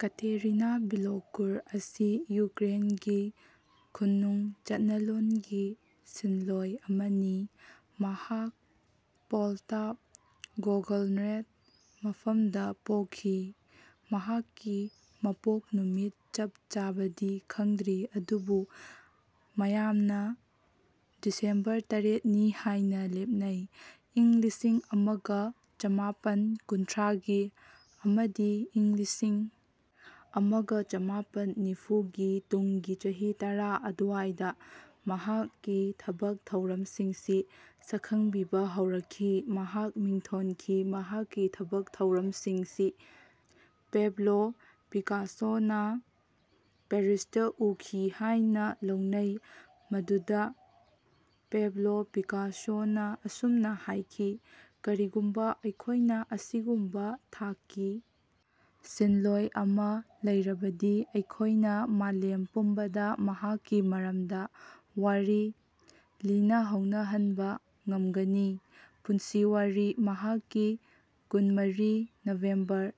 Katerina Bilokur ꯑꯁꯤ ꯌꯨꯀ꯭ꯔꯦꯟꯒꯤ ꯈꯨꯟꯅꯨꯡ ꯆꯠꯅꯂꯣꯟꯒꯤ ꯁꯤꯟꯂꯣꯢ ꯑꯃꯅꯤ꯫ ꯃꯍꯥꯛ ꯄꯣꯜꯇꯥꯚ ꯒꯣꯚꯔꯅꯔꯦꯠ ꯃꯐꯝꯗ ꯄꯣꯛꯈꯤ꯫ ꯃꯍꯥꯛꯀꯤ ꯃꯄꯣꯛ ꯅꯨꯃꯤꯠ ꯆꯞ ꯆꯥꯕꯗꯤ ꯈꯪꯗ꯭ꯔꯤ ꯑꯗꯨꯕꯨ ꯃꯌꯥꯝꯅ ꯗꯤꯁꯦꯝꯕꯔ ꯇꯥꯔꯦꯠꯅꯤ ꯍꯥꯢꯅ ꯂꯦꯞꯅꯩ꯫ ꯏꯪ ꯂꯤꯁꯤꯡ ꯑꯃꯒ ꯆꯃꯥꯄꯟ ꯀꯨꯟꯊ꯭ꯔꯥꯒꯤ ꯑꯃꯗꯤ ꯏꯪ ꯂꯤꯁꯤꯡ ꯑꯃꯒ ꯆꯃꯥꯄꯟ ꯅꯤꯐꯨ ꯒꯤ ꯇꯨꯡꯒꯤ ꯆꯍꯤ ꯇꯔꯥ ꯑꯗꯨꯋꯥꯢꯗ ꯃꯍꯥꯛꯀꯤ ꯊꯕꯛ ꯊꯧꯔꯝꯁꯤꯡꯁꯤ ꯁꯛꯈꯪꯕꯤꯕ ꯍꯧꯔꯛꯈꯤ꯫ ꯃꯍꯥꯛ ꯃꯤꯡꯊꯣꯟꯈꯤ꯫ ꯃꯍꯥꯛꯀꯤ ꯊꯕꯛ ꯊꯧꯔꯝꯁꯤꯡꯁꯤ ꯄꯦꯕ꯭ꯂꯣ ꯄꯤꯀꯥꯁꯣꯅ ꯄꯦꯔꯤꯁꯇ ꯎꯈꯤ ꯍꯥꯢꯅ ꯂꯧꯅꯩ꯫ ꯃꯗꯨꯗ ꯄꯦꯕ꯭ꯂꯣ ꯄꯤꯀꯥꯁꯣꯅ ꯑꯁꯨꯝꯅ ꯍꯥꯢꯈꯤ, ꯀꯔꯤꯒꯨꯝꯕ ꯑꯩꯈꯣꯢꯅ ꯑꯁꯤꯒꯨꯝꯕ ꯊꯥꯛꯀꯤ ꯁꯤꯟꯂꯣꯢ ꯑꯃ ꯂꯩꯔꯕꯗꯤ, ꯑꯩꯈꯣꯢꯅ ꯃꯥꯂꯦꯝ ꯄꯨꯝꯕꯗ ꯃꯍꯥꯛꯀꯤ ꯃꯔꯝꯗ ꯋꯥꯔꯤ ꯂꯤꯅꯍꯧꯅꯍꯟꯕ ꯉꯝꯒꯅꯤ꯫ ꯄꯨꯟꯁꯤ ꯋꯥꯔꯤ ꯃꯍꯥꯛꯁꯤ ꯀꯨꯟ-ꯃꯔꯤ ꯅꯣꯚꯦꯝꯕꯔ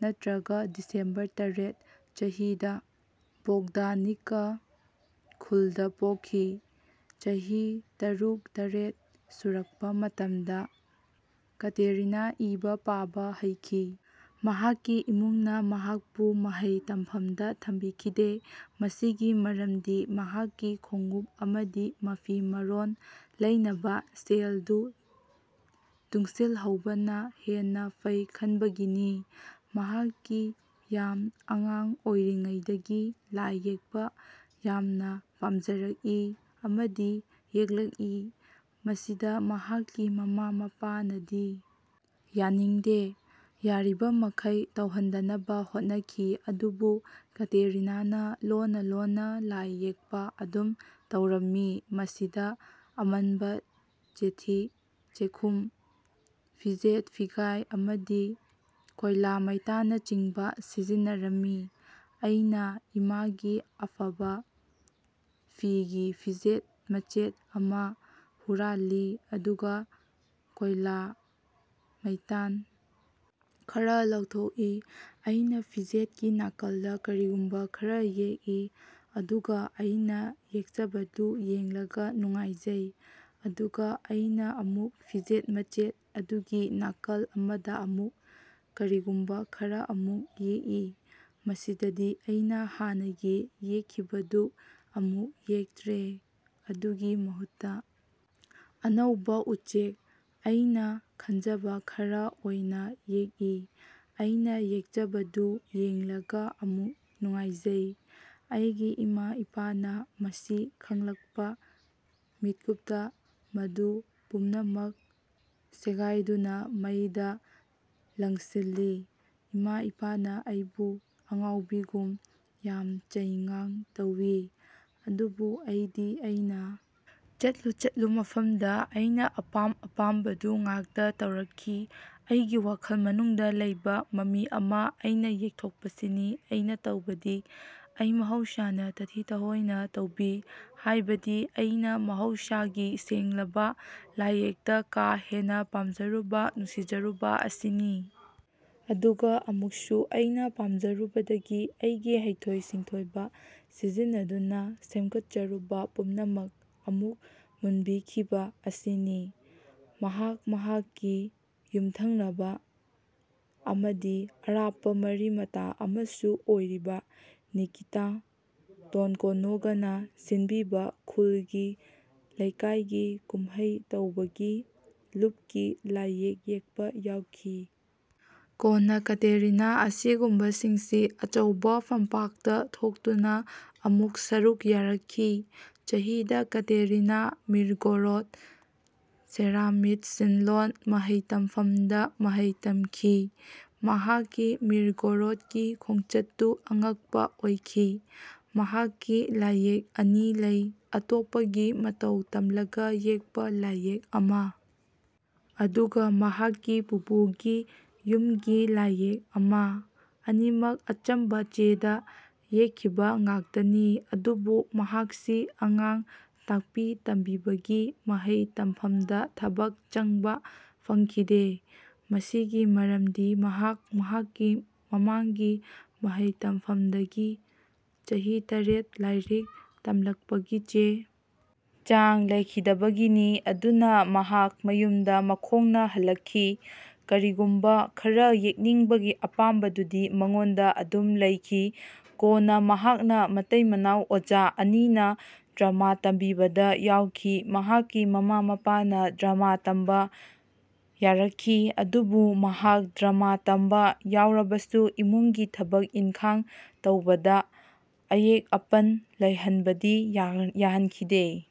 (ꯅꯠꯇ꯭ꯔꯒ ꯗꯤꯁꯦꯝꯕꯔ ꯇꯔꯦꯠ) ꯆꯍꯤꯗ ꯕꯣꯒꯗꯥꯅꯤꯚꯀꯥ ꯈꯨꯜꯗ ꯄꯣꯛꯈꯤ꯫ ꯆꯍꯤ ꯇꯔꯨꯛ - ꯇꯔꯦꯇ ꯁꯨꯔꯛꯄ ꯃꯇꯝꯗ ꯀꯇꯦꯔꯤꯅꯥ ꯏꯕ ꯄꯥꯕ ꯍꯩꯈꯤ꯫ ꯃꯍꯥꯛꯀꯤ ꯏꯃꯨꯡꯅ ꯃꯍꯥꯛꯄꯨ ꯃꯍꯩ ꯇꯝꯐꯝꯗ ꯊꯝꯕꯤꯈꯤꯗꯦ꯫ ꯃꯁꯤꯒꯤ ꯃꯔꯝꯗꯤ ꯃꯍꯥꯛꯀꯤ ꯈꯣꯡꯎꯞ ꯑꯃꯗꯤ ꯃꯐꯤ ꯃꯔꯣꯟ ꯂꯩꯅꯕ ꯁꯦꯜꯗꯨ ꯇꯨꯡꯁꯤꯜꯍꯧꯕꯅ ꯍꯦꯟꯅ ꯐꯩ ꯈꯟꯕꯒꯤꯅꯤ꯫ ꯃꯍꯥꯛꯀꯤ ꯌꯥꯝ ꯑꯉꯥꯡ ꯑꯣꯢꯔꯤꯉꯩꯗꯒꯤ ꯂꯥꯢ ꯌꯦꯛꯄ ꯌꯥꯝꯅ ꯄꯥꯝꯖꯔꯛꯏ ꯑꯃꯗꯤ ꯌꯦꯛꯂꯛꯏ꯫ ꯃꯁꯤꯗ ꯃꯍꯥꯛꯀꯤ ꯃꯃꯥ ꯃꯄꯥꯅꯗꯤ ꯌꯥꯅꯤꯡꯗꯦ, ꯌꯥꯔꯤꯕꯃꯈꯩ ꯇꯧꯍꯟꯗꯅꯕ ꯍꯣꯠꯅꯈꯤ꯫ ꯑꯗꯨꯕꯨ ꯀꯇꯦꯔꯤꯅꯥꯅ ꯂꯣꯟꯅ ꯂꯣꯟꯅ ꯂꯥꯢ ꯌꯦꯛꯄ ꯑꯗꯨꯝ ꯇꯧꯔꯝꯃꯤ꯫ ꯃꯁꯤꯗ ꯑꯃꯟꯕ ꯆꯦꯊꯤ ꯆꯦꯈꯨꯝ, ꯐꯤꯖꯦꯠ ꯐꯤꯒꯥꯢ ꯑꯃꯗꯤ ꯀꯣꯢꯂꯥ ꯃꯩꯇꯥꯟꯅꯆꯤꯡꯕ ꯁꯤꯖꯤꯟꯅꯔꯝꯃꯤ꯫ "ꯑꯩꯅ ꯏꯃꯥꯒꯤ ꯑꯐꯕ ꯐꯤꯒꯤ ꯐꯤꯖꯦꯠ ꯃꯆꯦꯠ ꯑꯃ ꯍꯨꯔꯥꯜꯂꯤ ꯑꯗꯨꯒ ꯀꯣꯢꯂꯥ ꯃꯩꯇꯥꯟ ꯈꯔ ꯂꯧꯊꯣꯛꯏꯑꯩꯅ ꯐꯤꯖꯦꯠꯀꯤ ꯅꯥꯀꯜꯗ ꯀꯔꯤꯒꯨꯝꯕ ꯈꯔ ꯌꯦꯛꯏ, ꯑꯗꯨꯒ ꯑꯩꯅ ꯌꯦꯛꯆꯕꯗꯨ ꯌꯦꯡꯂꯒ ꯅꯨꯡꯉꯥꯢꯖꯩ꯫ ꯑꯗꯨꯒ ꯑꯩꯅ ꯑꯃꯨꯛ ꯐꯤꯖꯦꯠ ꯃꯆꯦꯠ ꯑꯗꯨꯒꯤ ꯅꯥꯀꯜ ꯑꯃꯗ ꯑꯃꯨꯛ ꯀꯔꯤꯒꯨꯝꯕ ꯈꯔ ꯑꯃꯨꯛ ꯌꯦꯛꯏ꯫ ꯃꯁꯤꯗꯗꯤ ꯑꯩꯅ ꯍꯥꯟꯅꯒꯤ ꯌꯦꯛꯈꯤꯕꯗꯨ ꯑꯃꯨꯛ ꯌꯦꯛꯇ꯭ꯔꯦ꯫ ꯑꯗꯨꯒꯤ ꯃꯍꯨꯠꯇ ꯑꯅꯧꯕ ꯎꯆꯦꯛ ꯑꯩꯅ ꯈꯟꯖꯕ ꯈꯔ ꯑꯣꯢꯅ ꯌꯦꯛꯏ꯫ ꯑꯩꯅ ꯌꯦꯛꯆꯕꯗꯨ ꯌꯦꯡꯂꯒ ꯑꯃꯨꯛ ꯅꯨꯡꯉꯥꯢꯖꯩ꯫ ꯑꯩꯒꯤ ꯏꯃꯥ ꯏꯄꯥꯅ ꯃꯁꯤ ꯈꯪꯂꯛꯄ ꯃꯤꯠꯀꯨꯞꯇ ꯃꯗꯨ ꯄꯨꯝꯅꯃꯛ ꯁꯦꯒꯥꯢꯗꯨꯅ ꯃꯩꯗ ꯂꯪꯁꯤꯜꯂꯤ꯫ ꯏꯃꯥ ꯏꯄꯥꯅ ꯑꯩꯕꯨ ꯑꯉꯥꯎꯕꯤꯒꯨꯝ ꯌꯥꯝ ꯆꯩ ꯉꯥꯡ ꯇꯧꯏ꯫ꯑꯗꯨꯕꯨ ꯑꯩꯗꯤ ꯑꯩꯅ ꯆꯠꯂꯨ ꯆꯠꯂꯨ ꯃꯐꯝꯗ ꯑꯩꯅ ꯑꯄꯥꯝ ꯑꯄꯥꯝꯕꯗꯨ ꯉꯥꯛꯇ ꯇꯧꯔꯛꯈꯤ꯫ ꯑꯩꯒꯤ ꯋꯥꯈꯜ ꯃꯅꯨꯡꯗ ꯂꯩꯕ ꯃꯃꯤ ꯑꯃ ꯑꯩꯅ ꯌꯦꯛꯊꯣꯛꯄꯁꯤꯅꯤ ꯑꯩꯅ ꯇꯧꯕꯗꯤ꯫ ꯑꯩ ꯃꯍꯧꯁꯥꯅ ꯇꯥꯊꯤ ꯇꯥꯋꯣꯢꯅ ꯇꯧꯕꯤ꯫ ꯍꯥꯢꯕꯗꯤ ꯑꯩꯅ ꯃꯍꯧꯁꯥꯒꯤ ꯁꯦꯡꯂꯕ ꯂꯥꯢꯌꯦꯛꯇ ꯀꯥ ꯍꯦꯟꯅ ꯄꯥꯝꯖꯔꯨꯕ ꯅꯨꯡꯁꯤꯖꯔꯨꯕ ꯑꯁꯤꯅꯤ꯫ ꯑꯗꯨꯒ ꯑꯃꯨꯛꯁꯨ ꯑꯩꯅ ꯄꯥꯝꯖꯔꯨꯕꯗꯒꯤ ꯑꯩꯒꯤ ꯍꯩꯊꯣꯢ ꯁꯤꯡꯊꯣꯢꯕ ꯁꯤꯖꯤꯟꯅꯗꯨꯅ ꯁꯦꯝꯒꯠꯆꯔꯨꯕ ꯄꯨꯝꯅꯃꯛ ꯑꯃꯨꯛ ꯃꯨꯟꯕꯤꯈꯤꯕ ꯑꯁꯤꯅꯤ"꯫ ꯃꯍꯥꯛ ꯃꯍꯥꯛꯀꯤ ꯌꯨꯝꯊꯪꯅꯕ ꯑꯃꯗꯤ ꯑꯔꯥꯞꯄ ꯃꯔꯤ ꯃꯇꯥ ꯑꯃꯁꯨ ꯑꯣꯢꯔꯤꯕ ꯅꯤꯀꯤꯇꯥ ꯇꯣꯟꯀꯣꯅꯣꯒꯅ ꯁꯤꯟꯕꯤꯕ ꯈꯨꯜꯒꯤ ꯂꯩꯀꯥꯢꯒꯤ ꯀꯨꯝꯍꯩ ꯇꯧꯕꯒꯤ ꯂꯨꯞꯀꯤ ꯂꯥꯢꯌꯦꯛ ꯌꯦꯛꯄ ꯌꯥꯎꯏ꯫ ꯀꯣꯟꯅ ꯀꯇꯦꯔꯤꯅꯥ ꯑꯁꯤꯒꯨꯝꯕꯁꯤꯡꯁꯤ ꯑꯆꯧꯕ ꯐꯝꯄꯥꯛꯇ ꯊꯣꯛꯇꯨꯅ ꯑꯃꯨꯛ ꯁꯔꯨꯛ ꯌꯥꯔꯛꯈꯤ꯫ ꯆꯍꯤꯗ ꯀꯇꯦꯔꯤꯅꯥ ꯃꯤꯔꯒꯣꯔꯣꯗ ꯁꯦꯔꯥꯃꯤꯛ ꯁꯤꯟꯂꯣꯟ ꯃꯍꯩ ꯇꯝꯐꯝꯗ ꯃꯍꯩ ꯇꯝꯈꯤ꯫ ꯃꯍꯥꯛꯀꯤ ꯃꯤꯔꯒꯣꯔꯣꯗꯀꯤ ꯈꯣꯡꯆꯠꯇꯨ ꯑꯉꯛꯄ ꯑꯣꯢꯈꯤ꯫ ꯃꯍꯥꯛꯀꯤ ꯂꯥꯢꯌꯦꯛ ꯑꯅꯤ ꯂꯩ, ꯑꯇꯣꯞꯄꯒꯤ ꯃꯇꯧ ꯇꯝꯂꯒ ꯌꯦꯛꯄ ꯂꯥꯢꯌꯦꯛ ꯑꯃ ꯑꯗꯨꯒ ꯃꯍꯥꯛꯀꯤ ꯄꯨꯄꯨꯒꯤ ꯌꯨꯝꯒꯤ ꯂꯥꯢꯌꯦꯛ ꯑꯃ꯫ ꯑꯅꯤꯃꯛ ꯑꯆꯝꯕ ꯆꯦꯗ ꯌꯦꯛꯈꯤꯕ ꯉꯥꯛꯇꯅꯤ꯫ ꯑꯗꯨꯕꯨ ꯃꯍꯥꯛꯁꯤ ꯑꯉꯥꯡ ꯇꯥꯛꯄꯤ ꯇꯝꯕꯤꯕꯒꯤ ꯃꯍꯩ ꯇꯝꯐꯝꯗ ꯊꯕꯛ ꯆꯪꯕ ꯐꯪꯈꯤꯗꯦ꯫ ꯃꯁꯤꯒꯤ ꯃꯔꯝꯗꯤ ꯃꯍꯥꯛ ꯃꯍꯥꯛꯀꯤ ꯃꯃꯥꯡꯒꯤ ꯃꯍꯩ ꯇꯝꯐꯝꯗꯒꯤ ꯆꯍꯤ ꯇꯔꯦꯠ ꯂꯥꯢꯔꯤꯛ ꯇꯝꯂꯛꯄꯒꯤ ꯆꯦ ꯆꯥꯡ ꯂꯩꯈꯤꯗꯕꯒꯤꯅꯤ꯫ ꯑꯗꯨꯅ ꯃꯍꯥꯛ ꯃꯌꯨꯝꯗ ꯃꯈꯣꯡꯅ ꯍꯜꯂꯛꯈꯤ꯫ ꯀꯔꯤꯒꯨꯝꯕ ꯈꯔ ꯌꯦꯛꯅꯤꯡꯕꯒꯤ ꯑꯄꯥꯝꯕꯗꯨꯗꯤ ꯃꯉꯣꯟꯗ ꯑꯗꯨꯝ ꯂꯩꯈꯤ꯫ ꯀꯣꯟꯅ ꯃꯍꯥꯛꯅ ꯃꯇꯩ ꯃꯅꯥꯎ ꯑꯣꯖꯥ ꯑꯅꯤꯅ ꯗ꯭ꯔꯥꯃꯥ ꯇꯝꯕꯤꯕꯗ ꯌꯥꯎꯈꯤ꯫ ꯃꯍꯥꯛꯀꯤ ꯃꯃꯥ ꯃꯄꯥꯅ ꯗ꯭ꯔꯥꯃꯥ ꯇꯝꯕ ꯌꯥꯔꯛꯈꯤ꯫ ꯑꯗꯨꯕꯨ ꯃꯍꯥꯛ ꯗ꯭ꯔꯥꯃꯥ ꯇꯝꯕ ꯌꯥꯎꯔꯕꯁꯨ ꯏꯃꯨꯡꯒꯤ ꯊꯕꯛ ꯏꯟꯈꯥꯡ ꯇꯧꯕꯗ ꯑꯌꯦꯠ ꯑꯄꯟ ꯂꯩꯍꯟꯕꯗꯤ ꯌꯥꯍꯟꯈꯤꯗꯦ꯫